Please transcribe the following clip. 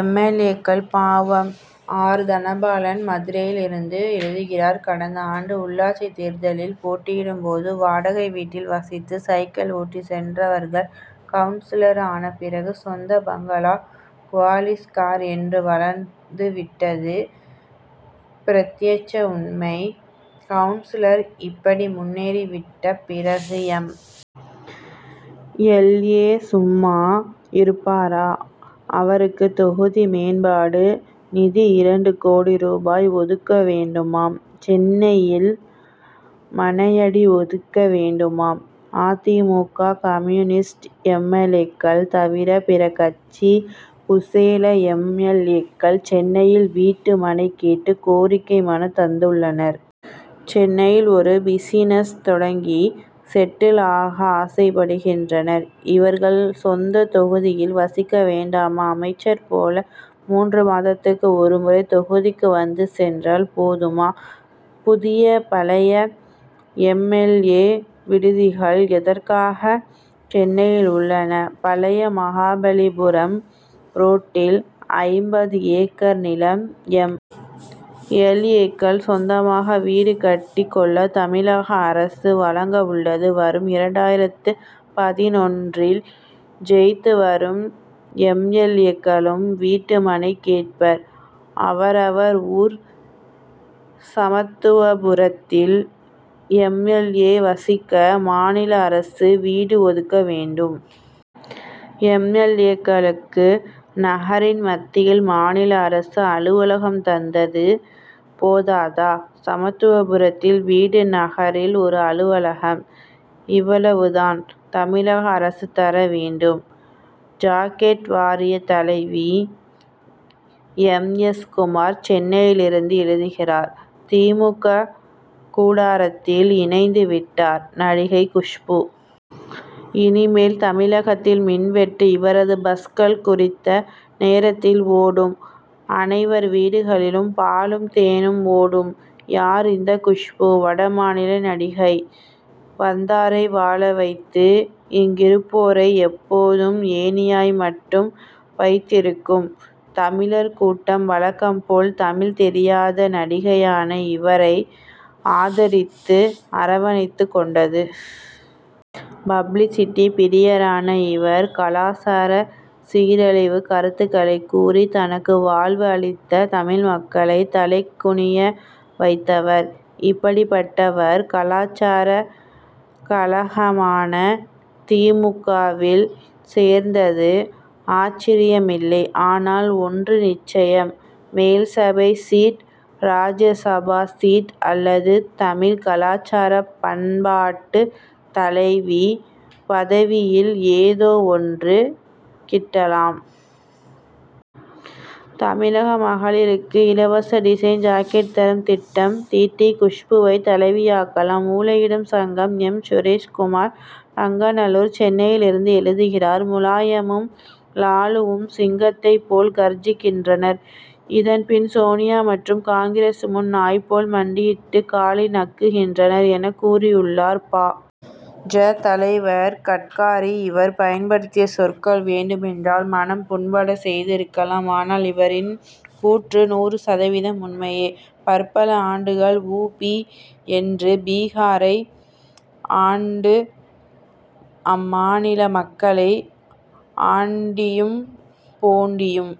M. L. ஏ.க்கள் பாவம்! ஆர். தனபாலன் மதுரையிலிருந்து எழுதுகிறார் கடந்த ஆண்டு உள்ளாட்சி தேர்தலில் போட்டியிடும் போது வாடகை வீட்டில் வசித்து சைக்கிள் ஓட்டிச் சென்றவர்கள் கவுன்சிலர் ஆனபிறகு சொந்த பங்களா குவாலிஸ் கார் என்று வளர்ந்து விட்டது பிரத்யட்ச உண்மை. கவுன்சிலர் இப்படி முன்னேறி விட்ட பிறகு எம். எல். ஏ. சும்மா இருப்பாரா? அவருக்கு தொகுதி மேம்பாட்டு நிதி இரண்டு கோடி ரூபாய் ஒதுக்க வேண்டுமாம் சென்னையில் மனையடி ஒதுக்க வேண்டுமாம். அ. தி. மு. க. Communist M. எல். ஏ.க்கள் தவிர பிற கட்சி குசேல எம். எல். ஏ.க்கள் சென்னையில் வீட்டு மனை கேட்டு கோரிக்கை மனு தந்துள்ளனர். சென்னையில் ஒரு பிசினஸ் தொடங்கி செட்டில் ஆக ஆசைப்படுகின்றனர். இவர்கள் சொந்த தொகுதியில் வசிக்க வேண்டாமா? அமைச்சர் போல மூன்று மாதத்துக்கு ஒருமுறை தொகுதிக்கு வந்து சென்றால் போதுமா? புதிய பழைய எம். எல். ஏ. விடுதிகள் எதற்காக சென்னையில் உள்ளன? பழைய மகாபலிபுரம் ரோட்டில் ஐம்பது ஏக்கர் நிலம் எம். எல். ஏ.க்கள் சொந்தமாக வீடு கட்டிக் கொள்ள தமிழக அரசு வழங்க உள்ளது. வரும் இரண்டாயிரத்து பதினொன்றில் ஜெயித்து வரும் எம். எல். ஏ.க்களும் வீட்டு மனை கேட்பர். அவரவர் ஊர் சமத்துவபுரத்தில் எம். எல். ஏ. வசிக்க மாநில அரசு வீடு ஒதுக்க வேண்டும். எம். எல். ஏ.க்களுக்கு நகரின் மத்தியில் மாநில அரசு அலுவலகம் தந்தது போதாதா? சமத்துவபுரத்தில் வீடு நகரில் ஒரு அலுவலகம். இவ்வளவு தான். தமிழக அரசு தர வேண்டும். ஜாக்கெட் வாரிய தலைவி! எம். எஸ். குமார் சென்னையிலிருந்து எழுதுகிறார் தி. மு. க. கூடாரத்தில் இணைந்து விட்டார் நடிகை குஷ்பு. இனிமேல் தமிழகத்தில் மின்வெட்டு இராது பஸ்கள் குறித்த நேரத்தில் ஓடும் அனைவர் வீடுகளிலும் பாலும் தேனும் ஓடும். யார் இந்த குஷ்பு? வட மாநில நடிகை. வந்தாரை வாழவைத்து இங்கிருப்போரை எப்போதும் ஏணியாய் மட்டுமே வைத்திருக்கும் தமிழர் கூட்டம் வழக்கம்போல் தமிழ் தெரியாத நடிகையான இவரை ஆதரித்து அரவணைத்துக் கொண்டது. பப்ளிசிட்டி பிரியரான இவர் கலாசார சீரழிவு கருத்துக்களைக் கூறி தனக்கு வாழ்வு அளித்த தமிழ்மக்களை தலைகுனிய வைத்தவர். இப்படிப்பட்டவர் கலாசாரக் கழகமான தி. மு. க.வில் சேர்ந்தது ஆச்சரியமில்லை! ஆனால் ஒன்று நிச்சயம் மேல்சபை சீட் ராஜ்யசபா சீட் அல்லது தமிழ் கலாசார பண்பாட்டு தலைவி பதவியில் ஏதோ ஒன்று கிட்டலாம்! தமிழக மகளிருக்கு இலவச டிசைன் ஜாக்கெட் தரும் திட்டம் தீட்டி குஷ்புவை தலைவியாக்கலாம். ஊளையிடும் சிங்கம்! எம். சுரேஷ் குமார் நங்கநல்லூர் சென்னையிலிருந்து எழுதுகிறார் முலாயமும் லாலுவும் சிங்கத்தை போல் கர்ஜிக்கின்றனர். இதன்பின் சோனியா மற்றும் காங்கிரஸ் முன் நாய் போல் மண்டியிட்டு காலை நக்குகின்றனர் என கூறியுள்ளார் பா. ஜ. தலைவர் கட்காரி. இவர் பயன்படுத்திய சொற்கள் வேண்டுமென்றால் மனம் புண்பட செய்திருக்கலாம். ஆனால் இவரின் கூற்று நூறு சதவீதம் உண்மையே! பற்பல ஆண்டுகள் உ. பி. மற்றும் பீகாரை ஆண்டு அம்மாநில மக்களை ஆண்டியும் போண்டியும்